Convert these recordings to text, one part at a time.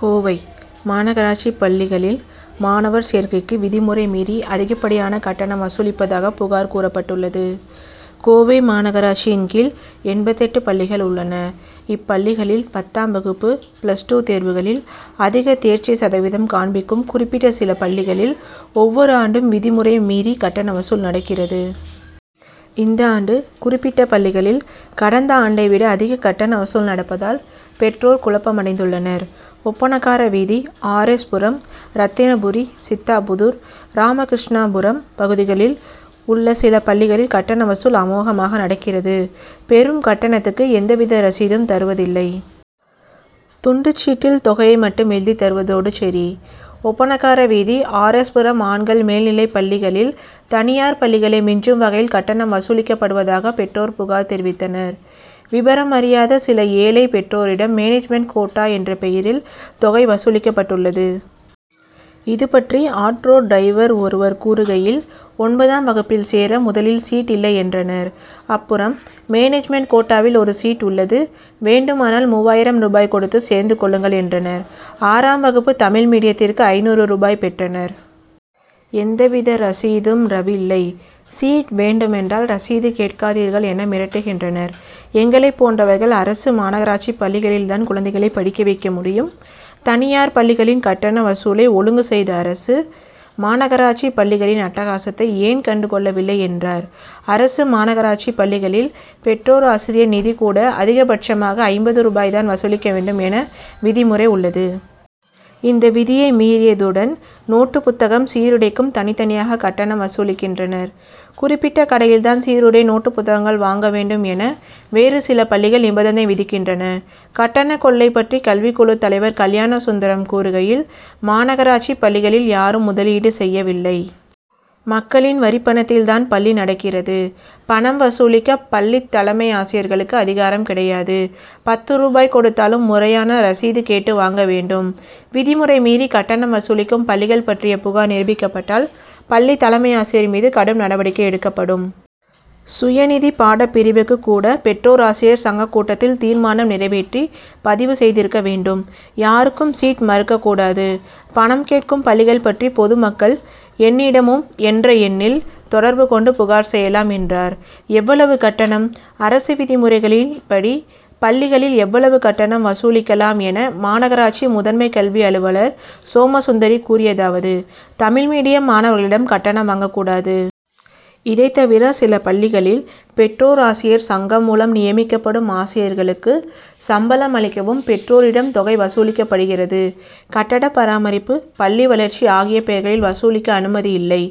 கோவை: மாநகராட்சிப் பள்ளிகளில் மாணவர் சேர்க்கைக்கு விதிமுறை மீறி, அதிகப்படியான கட்டணம் வசூலிப்பதாக புகார் கூறப்பட்டுள்ளது. கோவை மாநகராட்சியின் கீழ் எண்பத்தெட்டு பள்ளிகள் உள்ளன. இப்பள்ளிகளில் பத்தாம் வகுப்பு, பிளஸ் டூ தேர்வுகளில், அதிக தேர்ச்சி சதவீதம் காண்பிக்கும் குறிப்பிட்ட சில பள்ளிகளில் ஒவ்வொரு ஆண்டும் விதிமுறை மீறி கட்டண வசூல் நடக்கிறது. இந்த ஆண்டு குறிப்பிட்ட பள்ளிகளில் கடந்த ஆண்டை விட அதிக கட்டண வசூல் நடப்பதால் பெற்றோர் குழப்பமடைந்துள்ளனர். ஒப்பணக்கார வீதி, ஆர். எஸ். புரம், ரத்தினபுரி, சித்தாபுதூர், ராமகிருஷ்ணாபுரம் பகுதிகளில் உள்ள சில பள்ளிகளில் கட்டண வசூல் அமோகமாக நடக்கிறது. பெறும் கட்டணத்துக்கு எந்தவித ரசீதும் தருவதில்லை. துண்டுச்சீட்டில் தொகையை மட்டும் எழுதித் தருவதோடு சரி. ஒப்பணக்கார வீதி, ஆர். எஸ். புரம் ஆண்கள் மேல்நிலைப்பள்ளிகளில் தனியார் பள்ளிகளை மிஞ்சும் வகையில் கட்டணம் வசூலிக்கப்படுவதாக, பெற்றோர் புகார் தெரிவித்தனர். விபரம் அறியாத சில ஏழை பெற்றோரிடம் மேனேஜ்மென்ட் கோட்டா என்ற பெயரில் தொகை வசூலிக்கப்பட்டுள்ளது. இது பற்றி ஆட்டோ டிரைவர் ஒருவர் கூறுகையில், ஒன்பதாம் வகுப்பில் சேர முதலில் சீட் இல்லை என்றனர். அப்புறம் மேனேஜ்மென்ட் கோட்டாவில் ஒரு சீட் உள்ளது. வேண்டுமானால் மூவாயிரம் ரூபாய் கொடுத்து சேர்ந்து கொள்ளுங்கள்' என்றனர். ஆறாம் வகுப்பு தமிழ் மீடியத்துக்கு ஐந்நூறு ரூபாய் பெற்றனர். எந்தவித ரசீதும் ரவில்லை. சீட் வேண்டுமென்றால் ரசீது கேட்காதீர்கள்' என மிரட்டுகின்றனர். எங்களைப் போன்றவர்கள், அரசு, மாநகராட்சிப் பள்ளிகளில் தான் குழந்தைகளை படிக்க வைக்க முடியும். தனியார் பள்ளிகளின் கட்டண வசூலை ஒழுங்கு செய்த அரசு, மாநகராட்சிப் பள்ளிகளின் அட்டகாசத்தை ஏன் கண்டுகொள்ளவில்லை என்றார். அரசு, மாநகராட்சிப் பள்ளிகளில் பெற்றோர்-ஆசிரியர் நிதி கூட அதிகபட்சமாக ஐம்பது ரூபாய் தான் வசூலிக்க வேண்டும் என விதிமுறை உள்ளது. இந்த விதியை மீறியதுடன், நோட்டு புத்தகம், சீருடைக்கும் தனித்தனியாக கட்டணம் வசூலிக்கின்றனர். குறிப்பிட்ட கடையில் தான் சீருடை, நோட்டுப் புத்தகங்கள் வாங்க வேண்டும் என வேறு சில பள்ளிகள் நிபந்தனை விதிக்கின் றன. கட்டண கொள்ளை பற்றி கல்விக்குழுத் தலைவர் கல்யாண சுந்தரம் கூறுகையில், மாநகராட்சிப் பள்ளிகளில் யாரும் முதலீடு செய்யவில்லை. மக்களின் வரிப்பணத்தில் தான் பள்ளி நடக்கிறது. பணம் வசூலிக்க பள் ளித் தலைமை ஆசிரியர்களுக்கு அதிகாரம் கிடையாது. பத்து ரூபாய் கொடுத்தாலும் முறையான ரசீது கேட்டு வாங்க வேண்டும். விதிமுறை மீறி கட்டணம் வசூலிக்கும் பள்ளிகள் பற்றிய புகார் நிரூபிக்கப்பட்டால், பள்ளித் தலைமை ஆசிரியர் மீது கடும் நடவடிக்கை எடுக்கப்படும். சுயநிதி பாடப் பிரிவுக்கு கூட, பெற்றோர் ஆசிரியர் சங்கக் கூட்டத்தில் தீர்மானம் நிறைவேற்றி பதிவு செய்திருக்க வேண்டும். யாருக்கும் சீட் மறுக்கக் கூடாது. பணம் கேட்கும் பள்ளிகள் பற்றி பொதுமக்கள் என்னிடமும் என்ற எண்ணில் தொடர்பு கொண்டு புகார் செய்யலாம், என்றார். எவ்வளவு கட்டணம்? அரசு விதிமுறைகளின்படி, பள்ளிகளில் எவ்வளவு கட்டணம் வசூலிக்கலாம் என மாநகராட்சி முதன்மை கல்வி அலுவலர் சோமசுந்தரி கூறியதாவது:தமிழ் மீடியம் மாணவர்களிடம் கட்டணம் வாங்கக் கூடாது. இதைத் தவிர, சில பள்ளிகளில் பெற்றோர்-ஆசிரியர் சங்கம் மூலம் நியமிக்கப்படும் ஆசிரியர்களுக்கு சம்பளம் அளிக்கவும் பெற்றோரிடம் தொகை வசூலிக்கப்படுகிறது. கட்டட பராமரிப்பு, பள்ளி வளர்ச்சி ஆகிய பெயர்களில் வசூலிக்க அனுமதி இல்லை.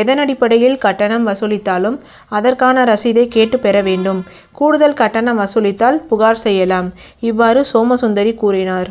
எதன் அடிப்படையில் கட்டணம் வசூலித்தாலும், அதற்கான ரசீதை கேட்டுப் பெற வேண்டும். கூடுதல் கட்டணம் வசூலித்தால் புகார் செய்யலாம். இவ்வாறு, சோமசுந்தரி கூறினார்.